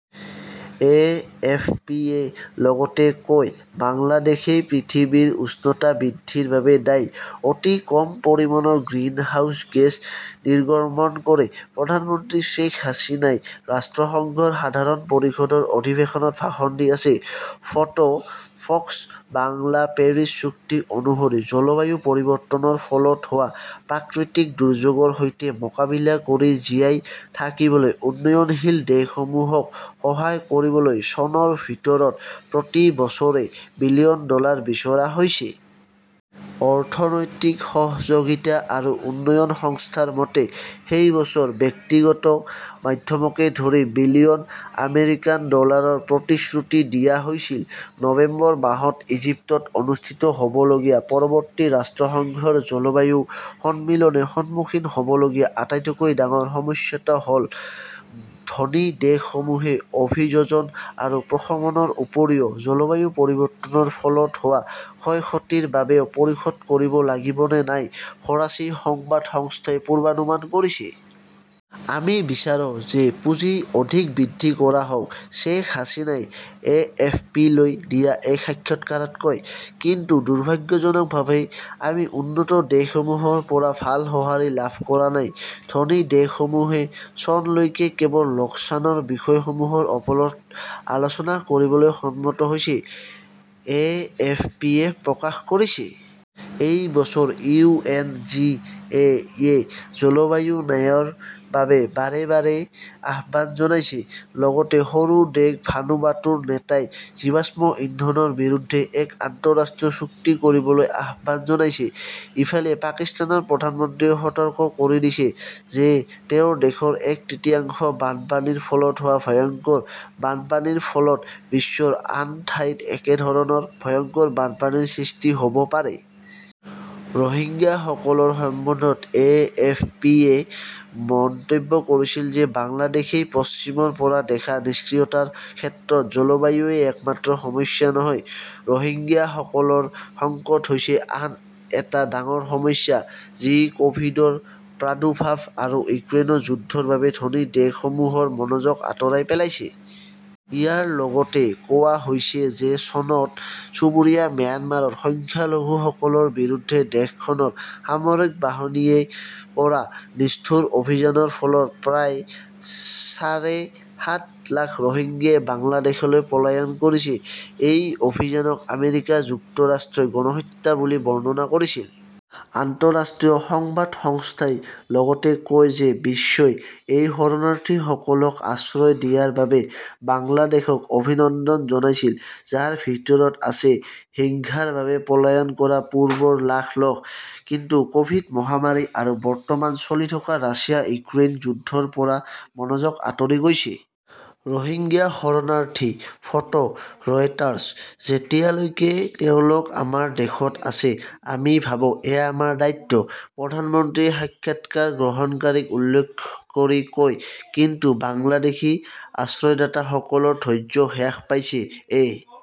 এ. F. P. -য়ে লগতে কয়, "বাংলাদেশই পৃথিৱীৰ উষ্ণতা বৃদ্ধিৰ বাবে দায়ী অতি কম পৰিমাণৰ গ্ৰিনহাউজ গেছ নিৰ্গমন কৰে। " "প্ৰধানমন্ত্ৰী শ্বেইখ হাছিনাই ৰাষ্ট্ৰসংঘৰ সাধাৰণ পৰিষদৰ অধিৱেশনত ভাষণ দি আছে। ফটোঃ ফ 'ক্স বাংলা পেৰিছ চুক্তি অনুসৰি, জলবায়ু পৰিৱৰ্তনৰ ফলত হোৱা প্ৰাকৃতিক দুৰ্যোগৰ সৈতে মোকাবিলা কৰি জীয়াই থাকিবলৈ উন্নয়নশীল দেশসমূহক সহায় কৰিবলৈ চনৰ ভিতৰত প্ৰতি বছৰে বিলিয়ন ডলাৰ বিচাৰা হৈছে। অৰ্থনৈতিক সহযোগিতা আৰু উন্নয়ন সংস্থাৰ মতে, সেই বছৰ ব্যক্তিগত মাধ্যমকে ধৰি বিলিয়ন আমেৰিকান ডলাৰৰ প্ৰতিশ্ৰুতি দিয়া হৈছিল। নৱেম্বৰ মাহত ইজিপ্তত অনুষ্ঠিত হ "বলগীয়া পৰৱৰ্তী ৰাষ্ট্ৰসংঘৰ জলবায়ু সন্মিলনে সন্মুখীন হ" বলগীয়া আটাইতকৈ ডাঙৰ সমস্যাটো হ "ল-ধনী দেশসমূহে অভিযোজন আৰু প্ৰশমনৰ উপৰিও জলবায়ু পৰিৱৰ্তনৰ ফলত হোৱা ক্ষয়-ক্ষতিৰ বাবেও পৰিশোধ কৰিব লাগিব নে নাই, ফৰাচী সংবাদ সংস্থাই পূৰ্বানুমান কৰিছে। "আমি বিচাৰো যে পুঁজি অধিক বৃদ্ধি কৰা হওক", শ্বেখ হাছিনাই এএফপিলৈ দিয়া এক সাক্ষাৎকাৰত কয়। কিন্তু, দুৰ্ভাগ্যজনকভাৱে আমি উন্নত দেশসমূহৰ পৰা ভাল সঁহাৰি লাভ কৰা নাই। "ধনী দেশসমূহে চনলৈকে কেৱল লোকচানৰ বিষয়সমূহৰ ওপৰত আলোচনা কৰিবলৈ সন্মত হৈছে", এএফপিয়ে প্ৰকাশ কৰিছে। এই বছৰ ইউ. এন. জি. এ. -য়ে জলবায়ু ন্যায়ৰ বাবে বাৰে বাৰে আহ্বান জনাইছে। লগতে সৰু দেশ ভানুৱাটুৰ নেতাই জীৱাশ্ম ইন্ধনৰ বিৰুদ্ধে এক আন্তঃৰাষ্ট্ৰীয় চুক্তি কৰিবলৈ আহ্বান জনাইছে। ইফালে, পাকিস্তানৰ প্ৰধানমন্ত্ৰীয়ে সতৰ্ক কৰি দিছে যে তেওঁৰ দেশৰ এক তৃতীয়াংশ বানপানীৰ ফলত হোৱা ভয়ংকৰ বানপানীৰ ফলত বিশ্বৰ আন ঠাইত একেধৰণৰ ভয়ংকৰ বানপানীৰ সৃষ্টি হ "ব পাৰে। ৰোহিংগাসকলৰ সন্দৰ্ভত এ. এফ. পি. -য়ে মন্তব্য কৰিছিল যে বাংলাদেশই পশ্চিমৰ পৰা দেখা নিষ্ক্ৰিয়তাৰ ক্ষেত্ৰত জলবায়ুৱেই একমাত্ৰ সমস্যা নহয়, ৰোহিংগাসকলৰ সংকট হৈছে আন এটা ডাঙৰ সমস্যা যি ক "ভিড- ৰ প্ৰাদুৰ্ভাৱ আৰু ইউক্ৰেইনৰ যুদ্ধৰ বাবে ধনী দেশসমূহৰ মনোযোগ আঁতৰাই পেলাইছে। ইয়াত লগতে কোৱা হৈছে যে চনত চুবুৰীয়া ম্যানমাৰত সংখ্যালঘুসকলৰ বিৰুদ্ধে দেশখনৰ সামৰিক বাহিনীয়ে কৰা নিষ্ঠুৰ অভিযানৰ ফলত প্ৰায় সাঢ়ে সাত লাখ ৰোহিংগাই বাংলাদেশলৈ পলায়ন কৰিছে। এই অভিযানক আমেৰিকা যুক্তৰাষ্ট্ৰই গণহত্যা বুলি বৰ্ণনা কৰিছিল। আন্তঃৰাষ্ট্ৰীয় সংবাদ সংস্থাই লগতে কয় যে বিশ্বই এই শৰণাৰ্থীসকলক আশ্ৰয় দিয়াৰ বাবে বাংলাদেশক অভিনন্দন জনাইছিল, যাৰ ভিতৰত আছে হিংসাৰ বাবে পলায়ন কৰা পূৰ্বৰ লাখ লোক। কিন্তু ক "ভিড- মহামাৰী আৰু বৰ্তমান চলি থকা ৰাছিয়া-ইউক্ৰেইন যুদ্ধৰ পৰা মনোযোগ আঁতৰি গৈছে। ৰোহিংগ্যা শৰণাৰ্থী। Photo Reuters. "যেতিয়ালৈকে তেওঁলোক আমাৰ দেশত আছে, আমি ভাবো, এয়া আমাৰ দায়িত্ব", প্ৰধানমন্ত্ৰীয়ে সাক্ষাৎকাৰ গ্ৰহণকাৰীক উল্লেখ কৰি কয়, কিন্তু বাংলাদেশী আশ্ৰয়দাতাসকলৰ ধৈৰ্য্য হ্ৰাস পাইছে। এ.